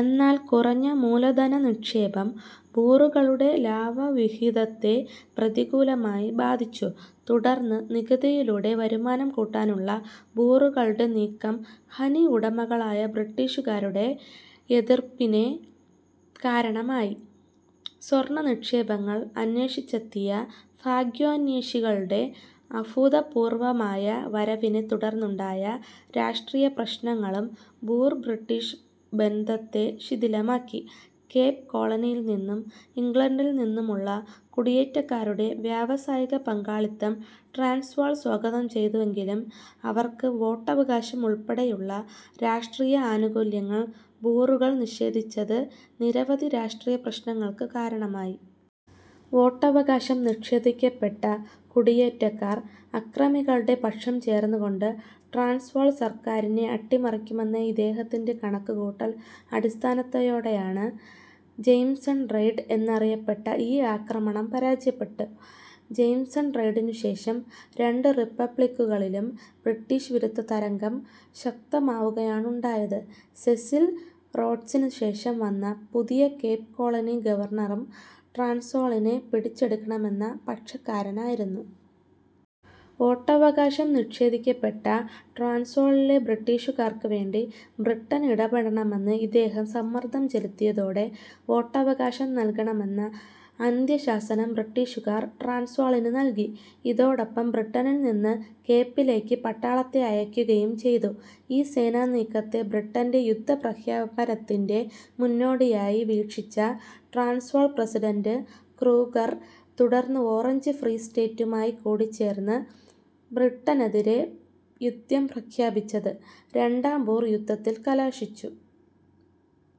എന്നാൽ കുറഞ്ഞ മൂലധന നിക്ഷേപം ബൂറുകളുടെ ലാഭവിഹിതത്തെ പ്രതികൂലമായി ബാധിച്ചു. തുടർന്ന് നികുതിയിലൂടെ വരുമാനം കൂട്ടാനുള്ള ബൂറുകളുടെ നീക്കം ഖനിഉടമകളായ ബ്രിട്ടീഷുകാരുടെ എതിർപ്പിനു കാരണമായി. സ്വർണനിക്ഷേപങ്ങൾ അന്വേഷിച്ചെത്തിയ ഭാഗ്യാന്വേഷികളുടെ അഭൂതപൂർവമായ വരവിനെ തുടർന്നുണ്ടായ രാഷ്ട്രീയ പ്രശ്നങ്ങളും ബൂർ-ബ്രിട്ടിഷ് ബന്ധത്തെ ശിഥിലമാക്കി. കേപ് കോളനിയിൽനിന്നും ഇംഗ്ളണ്ടിൽനിന്നുമുള്ള കുടിയേറ്റക്കാരുടെ വ്യാവസായിക പങ്കാളിത്തം ട്രാൻസ്വാൾ സ്വാഗതം ചെയ്തെങ്കിലും അവർക്ക് വോട്ടവകാശം ഉൾപ്പെടെയുള്ള രാഷ്ട്രീയ ആനുകൂല്യങ്ങൾ ബൂറുകൾ നിഷേധിച്ചത് നിരവധി രാഷ്ട്രീയ പ്രശ്നങ്ങൾക്കു കാരണമായി. വോട്ടവകാശം നിഷേധിക്കപ്പെട്ട കുടിയേറ്റക്കാർ അക്രമികളുടെ പക്ഷം ചേർന്നുകൊണ്ട് ട്രാൻസ്വാൾ സർക്കാരിനെ അട്ടിമറിക്കുമെന്ന ഇദ്ദേഹത്തിന്റെ കണക്കുകൂട്ടൽ അസ്ഥാനത്തായതോടെ 'ജയിംസൺ റെയ്ഡ്' എന്നറിയപ്പെട്ട ഈ ആക്രമണം പരാജയപ്പെട്ടു. ജയിംസൺ റെയ്ഡിനുശേഷം രണ്ടു റിപ്പബ്ളിക്കുകളിലും ബ്രിട്ടിഷ് വിരുദ്ധ തരംഗം ശക്തമാവുകയാണുണ്ടായത്. സെസിൽ റോഡ്സിനു ശേഷം വന്ന പുതിയ കേപ് കോളനി ഗവർണറും ട്രാൻസ്വാളിനെ പിടിച്ചെടുക്കണമെന്ന പക്ഷക്കാരനായിരുന്നു. വോട്ടവകാശം നിഷേധിക്കപ്പെട്ട ട്രാൻസ്വാളിലെ ബ്രിട്ടീഷുകാർക്കുവേണ്ടി ബ്രിട്ടൻ ഇടപെടണമെന്ന് ഇദ്ദേഹം സമ്മർദം ചെലുത്തിയതോടെ വോട്ടവകാശം നല്കണമെന്ന അന്ത്യശാസനം ബ്രിട്ടീഷുകാർ ട്രാൻസ്വാളിനു നല്കി. ഇതോടൊപ്പം ബ്രിട്ടനിൽനിന്ന് കേപ്പിലേക്ക് പട്ടാളത്തെ അയയ്ക്കുകയും ചെയ്തു. ഈ സേനാ നീക്കത്തെ ബ്രിട്ടന്റെ യുദ്ധപ്രഖ്യാപനത്തിന്റെ മുന്നോടിയായി വീക്ഷിച്ച ട്രാൻസ്വാൾ പ്രസിഡന്റ് ക്രൂഗർ തുടർന്ന് ഓറഞ്ച് ഫ്രീ സ്റ്റേറ്റുമായി ചേർന്ന് ബ്രിട്ടനെതിരെ യുദ്ധം പ്രഖ്യാപിച്ചത് രണ്ടാം ബൂർ യുദ്ധത്തിൽ കലാശിച്ചു.